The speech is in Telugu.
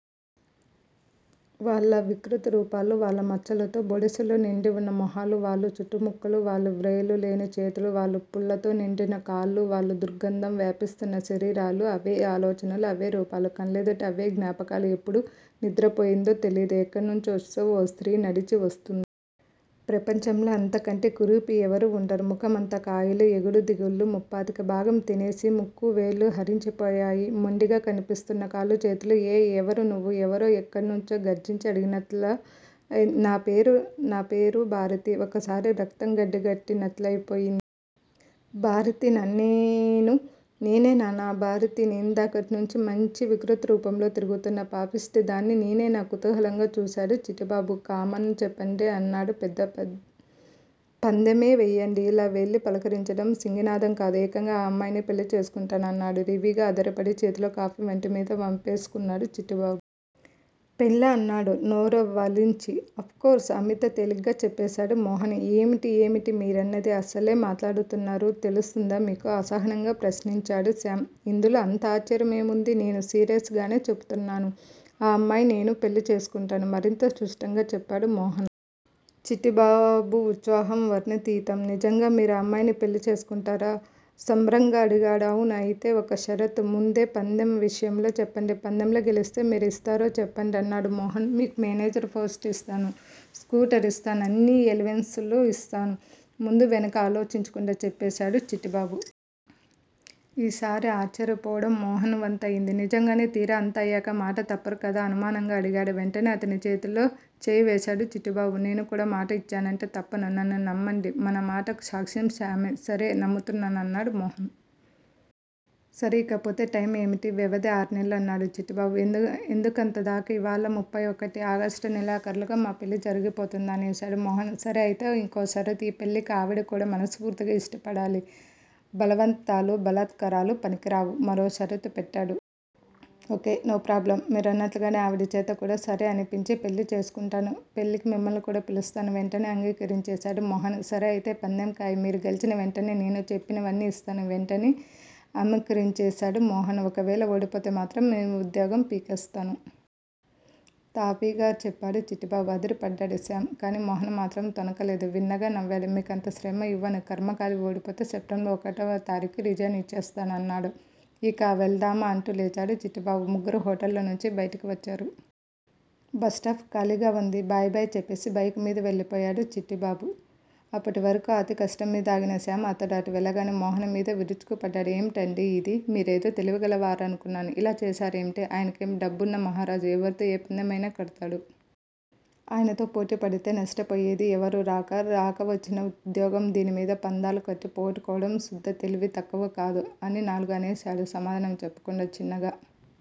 వాళ్ళ వికృత రూపాలు వాళ్ళ మచ్చలతో, బొడిసెలతో నిండి వున్న మొహాలు, వాళ్ళ చట్టి ముక్కులు, వాళ్ళ వ్రేళ్ళు లేని చేతులు, వాళ్ళ పుళ్ళతో నిండివున్న కాళ్ళు, వాళ్ళ దుర్గంధం వ్యాపిస్తూన్న శరీరాలు! అవే ఆలోచనలు అవే రూపాలు కళ్ళెదుట అవే జ్ఞాపకాలు. ఎప్పుడు నిద్రపోయిందో తెలియదు ఎక్కడి నుంచో ఓ స్త్రీ నడిచి వస్తూంది. ప్రపంచంలో అంతకంటే కురూపి ఎవరూ ఉండరు. ముఖమంతా కాయలు ఎగుడు దిగుళ్ళు, ముప్పాతిక భాగం తినేసిన ముక్కు, వ్రేళ్ళు హరించిపోయి మొండిగా కనిపిస్తూన్న కాళ్ళూ, చేతులూ. ఏయ్, ఎవరు నువ్వు? ఎవరో ఎక్కడి నుంచో గర్జించి అడిగినట్లయింది. నా పేరు నా పేరూ భారతి. ఒక్కసారిగా రక్తం గడ్డకట్టినట్లయి పోయింది. భారతినా నేను? నేనేనా భారతిని? ఇందాకటినుంచీ ఇంత వికృతరూపంలో తిరుగుతూన్న పాపిష్టిదాన్ని నేనేనా? కుతూహలంగా చూసాడు చిట్టిబాబు. కమాన్ చెప్పండి అన్నాడు పెద్ద పందెమే వెయ్యండి. ఇలా వెళ్ళి పలకరించడం సింగినాదం కాదు. ఏకంగా ఆ అమ్మాయిని పెళ్ళిచేసుకుంటాను అన్నాడు రీవిగా. అదిరిపడి చేతిలోని కాఫీ వంటిమీద వంపేసుకున్నాడు చిట్టిబాబు. పెళ్ళా? అన్నాడు నోరావలించి. అఫ్ కోర్స్ అమిత్ తేలికగా చెప్పేసాడు మోహన్. ఏమిటండీ? ఏమిటి మీరనేది? అసలేం మాట్లాడుతున్నారు తెలుస్తుందా మీకు? అసహనంగా ప్రశ్నించాడు శ్యామ్. ఇందులో అంత ఆశ్చర్యం ఏముంది? నేను సీరియస్ గానే చెప్పుతున్నాను. ఆ అమ్మాయిని నేను పెళ్ళి చేసుకుంటాను. మరింత స్పష్టంగా చెప్పాడు మోహన్. చిట్టిబాబు ఉత్సాహం వర్ణనాతీతరం. నిజంగా మీరా అమ్మాయిని పెళ్ళి చేసుకుంటారా? సంభ్రమంగా అడిగాడు. అవును. అయితే ఒక్క షరతు. ముందు పందెం విషయం చెప్పండి పందెంలో గెలిస్తే మీరేం ఇస్తారో చెప్పండి అన్నాడు మోహన్. మీకు మేనేజర్ పోస్టు యిస్తాను. స్కూటర్ ఇస్తాను. అన్ని ఎలవెన్స్ లూ యిస్తాను ముందూ వెనకా ఆలోచించకుండా చెప్పేసాడు చిట్టిబాబు. ఈసారి ఆశ్చర్యపోవడం మోహన్ వంతు అయింది. నిజంగానే? తీరా అంతా అయ్యాక మాట తప్పరుకదూ! అనుమానంగా అడిగాడు. వెంటనే అతని చేతిలో చేయివేసాడు చిట్టిబాబు. నేను కూడ మాట ఇచ్చానంటే తప్పను. నన్ను నమ్మండి. మన మాటకు సాక్ష్యం శ్యామ్. సరే నమ్ముతున్నాను అన్నాడు మోహన్. సరే ఇకపోతే టైం ఏమిటి వ్యవధి ఆర్నెల్లు అన్నాడు చిట్టిబాబు. ఎందుకంతదాకా? ఇవ్వాళ ముఫై ఒకటి! ఆగస్ట్ నెలాఖరులోగ మా పెళ్ళి జరిగిపోతుంది అనేసాడు మోహన్. సరే అయితే ఇంకో షరతు. ఈ పెళ్ళికి ఆవిడ కూడా మనస్ఫూర్తిగా యిష్టపడాలి బలవంతాలూ, బాలాత్కారాలూ పనికిరావు మరో షరతు పెట్టాడు. ఓకే నో ప్రోబ్లమ్ మీరన్నట్లుగానే ఆవిడ చేత కూడ సరే అనిపించి పెళ్ళి చేసుకుంటాను. పెళ్ళికి మిమ్మల్ని కూడా పిలుస్తాను వెంటనే అంగీకరించేసాడు మోహన్. సరే అయితే. పందెం ఖాయం. మీరు గెల్చిన వెంటనే నేను చెప్పినవన్నీ యిస్తాను వెంటనే అమ్గీకరించేసాడు మోహన్. ఒకవేళ ఓడిపోతేమాత్రం మీ ఉద్యోగం పీకేస్తాను. తాపీగా చెప్పాడు చిట్టిబాబు అదిరిపడ్డాడు శ్యామ్. కానీ మోహన్ మాత్రం తొణక లేదు. చిన్నగా నవ్వాడు. మీకంత శ్రమ యివ్వను. ఖర్మకాలి ఓడిపోతే సెప్టెంబర్ ఒకటవ తారీకున రిజైన్ యిచ్చేస్తాను ఆన్నాడు. ఇక వెళ్దామా? అంటూ లేచాడు చిట్టిబాబు. ముగ్గురూ హొటల్ నుంచి బయటికి వచ్చారు. బస్టాప్ ఖాళీగా వుంది. బై బై చెప్పేసి బైక్ మీద వెళ్ళిపోయాడు చిట్టిబాబు. అప్పటివరకూ అతికష్టంమీద ఆగిన శ్యామ్ అతడు అటు వెళ్ళగానే మోహన్ మీద విరుచుకుపడ్డాడు. ఏమిటండీ ఇది? మీరేదో తెలివిగలవారనుకున్నాను. ఇలా చేసారేమిటి? ఆయనకేం డబ్బున్న మహారాజు. ఎవరితో ఏ పందెం అయినా కడతాడు. ఆయనతో పోటీ పడితే నష్టపోయేది ఎవరు? రాక రాక వచ్చిన ఉస్యోగం. దీనిమీద పందాలు కట్టి పోగొట్టుకోవడం శుద్ధ తెలివి తక్కువ కాదూ అని నాలుగూ అనేసాడు. సమాధానం చెప్పకుండా చిన్నగా